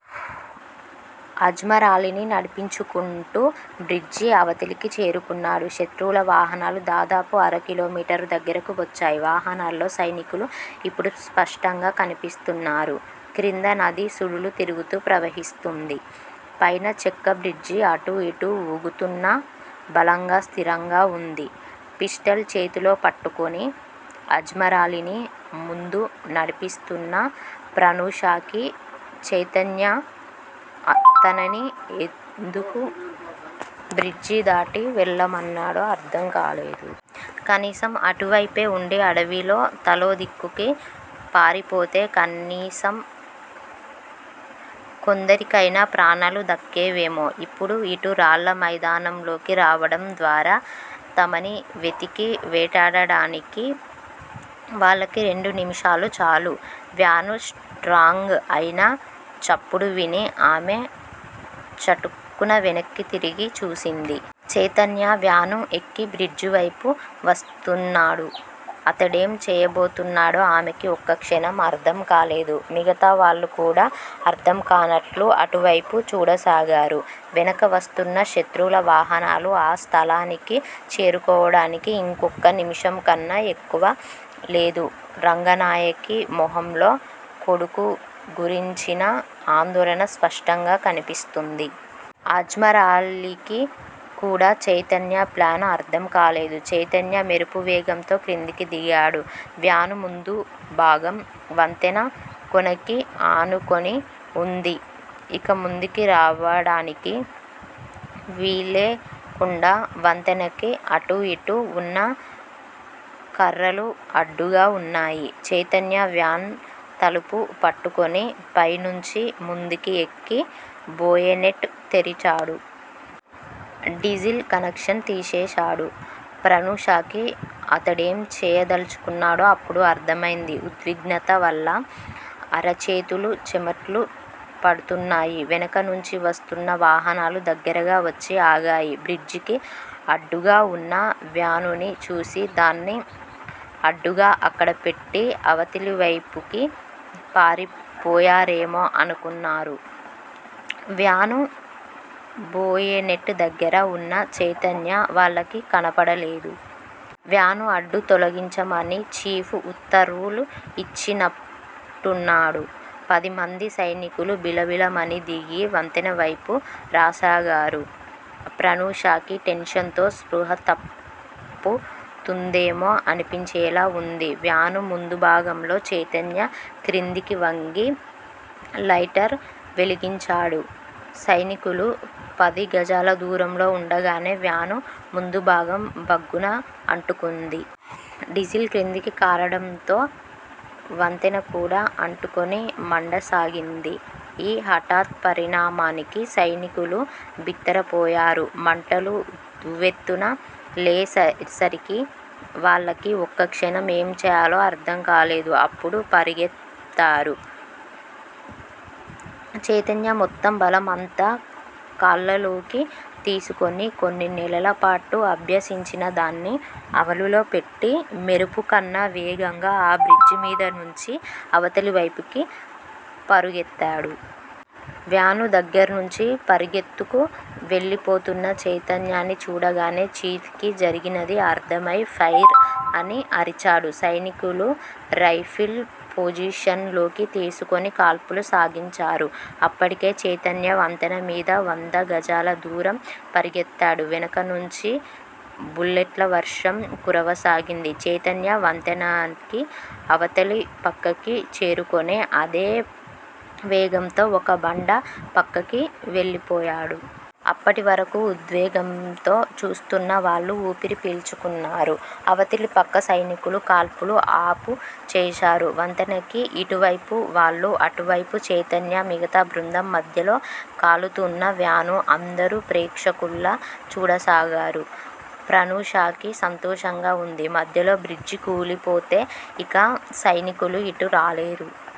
అజ్మరాలీని నడిపించుకుంటూ బ్రిడ్జి అవతలికి చేరుకున్నారు. శత్రువుల వాహనాలు దాదాపు అరకిలోమీటరు దగ్గరకు వచ్చాయి. వాహనాల్లో సైనికులు ఇప్పుడు స్పష్టంగా కనిపిస్తున్నారు. క్రింద నది సుడులు తిరుగుతూ ప్రవహిస్తూంది. పైన చెక్కబ్రిడ్జి అటూ ఇటూ వూగుతున్నా, బలంగా స్థిరంగా వుంది. పిస్టల్ చేతిలో పట్టుకుని, అజ్మరాలీని ముందు నడిపిస్తూన్న ప్రనూషకి చైతన్య తమని ఎందుకు బ్రిడ్జి దాటి వెళ్ళమన్నాడో అర్ధంకాలేదు. కనీసం అటువైపే వుండి అడవిలో తలోదిక్కుకీ పారిపోతే కనీసం కొందరికయినా ప్రాణాలు దక్కేవేమో! ఇప్పుడు ఇటు రాళ్ళ మైదానంలోకి రావటం ద్వారా, తమని వెతికి వేటాడటానికి వాళ్ళకి రెండు నిముషాలు చాలు. వ్యాను స్టాంగ్ అయిన చప్పుడు విని ఆమె చటుక్కున వెనక్కి తిరిగి చూసింది. చైతన్య వ్యాను ఎక్కి బ్రిడ్జివైపు వస్తున్నాడు. అతడేం చేయబోతున్నాడో ఆమెకి ఒక్కక్షణం అర్ధంకాలేదు. మిగతావాళ్ళు కూడా అర్ధంకానట్టు అటువైపే చూడసాగారు. వెనుక వస్తున్న శత్రువుల వాహనాలు ఆ స్థలానికి చేరుకోవటానికి ఇంకొక్క నిమిషంకన్నా ఎక్కువ లేదు. రంగనాయకి మొహంలో కొడుకు గురించిన ఆందోళన స్పష్టంగా కనిపిస్తూంది. అజ్మరాలీకి కూడా చైతన్య ప్లాన్ అర్ధంకాలేదు. చైతన్య మెరుపు వేగంతో క్రిందికి దిగాడు. వ్యాను ముందుభాగం వంతెన కొసకి ఆనుకుని వుంది. ఇక ముందుకి రావడానికి వీల్లేకుండా వంతెనకి అటూ ఇటూ వున్న కర్రలు అడ్డుగా వున్నాయి. చైతన్య వ్యాన్ తలుపు పట్టుకుని పైనుంచి ముందుకి ఎక్కి బోయెనెట్ తెరిచాడు. డీసిల్ కనెక్షన్ తీసేశాడు. ప్రనూషకి అతడేం చేయదల్చుకున్నాడో అప్పుడు అర్ధమైంది. ఉద్విగ్నతవల్ల అరచేతులు చెమట్లు పడుతున్నాయి. వెనుక నుంచి వస్తూన్న వాహనాలు దగ్గరగా వచ్చి ఆగాయి. బ్రిడ్జికి అడ్డుగా వున్న వ్యానుని చూసి, దాన్ని అడ్డుగా అక్కడ పెట్టి అవతలివైపుకి పారిపోయారేమో అనుకున్నారు. వ్యాను బోయెనెట్ దగ్గర వున్న చైతన్య వాళ్ళకి కనపడలేదు. వ్యాను అడ్డు తొలగించమని 'చీఫ్' ఉత్తర్వు యిచ్చినట్టున్నాడు. పదిమంది సైనికులు బిలబిలమని దిగి, వంతెనవైపు రాసాగారు. ప్రనూషకి టెన్షన్ తో స్పృహ తప్పుతుందేమో అనిపించేలా వుంది. వ్యాను ముందుభాగంలో చైతన్య క్రిందికి వంగి లైటర్ వెలిగించాడు. సైనికులు పది గజాల దూరంలో వుండగానే వ్యాను ముందుభాగం భగ్గున అంటుకుంది. డీసిల్ క్రిందికి కారటంతో వంతెన కూడా అంటుకుని మండసాగింది. ఈ హఠాత్పరిణామానికి సైనికులు బిత్తరపోయారు. మంటలు ఉవ్వెత్తున లేచేసరికి వాళ్ళకి ఒక్కక్షణం ఏం చేయాలో అర్ధంకాలేదు. అప్పుడు పరుగెత్తాడు చైతన్య మొత్తం బలం అంతా కాళ్ళలోకి తీసుకుని కొన్ని నెలలపాటు అభ్యసించిన దాన్ని అమలులో పెట్టి మెరుపుకన్నా వేగంగా ఆ బ్రిడ్జి మీదనుంచి అవతలివైపుకి పరుగెత్తాడు. వ్యాను దగ్గర్నుంచి పరుగెత్తుకు వెళ్ళిపోతున్న చైతన్యని చూడగానే 'చీఫ్' కి జరిగినది అర్ధమై ఫైర్ అని అరిచాడు. సైనికులు రైఫిల్స్ పొజిషన్ లోకి తీసుకుని కాల్పులు సాగించారు. అప్పటికే చైతన్య వంతెన మీద వందగజాల దూరం పరుగెత్తాడు. వెనుకనుంచి బుల్లెట్ల వర్షం కురవసాగింది. చైతన్య వంతెనకి అవతలి పక్కకి చేరుకుని, అదే వేగంతో ఒక బండ పక్కకి వెళ్ళిపోయాడు. అప్పటివరకూ ఉద్వేగంతో చూస్తున్న వాళ్ళు ఊపిరి పీల్చుకున్నారు. అవతలిపక్క సైనికులు కాల్పులు ఆపుచేశారు. వంతెనకి ఇటువైపు వాళ్ళు, అటువైపు చైతన్యా, మిగతా బృందం మధ్యలో కాలుతున్న వ్యాను అందరూ ప్రేక్షకుల్లా చూడసాగారు. ప్రనూషకి సంతోషంగా వుంది. మధ్యలో బ్రిడ్జి కూలిపోతే ఇక సైనికులు ఇటు రాలేరు.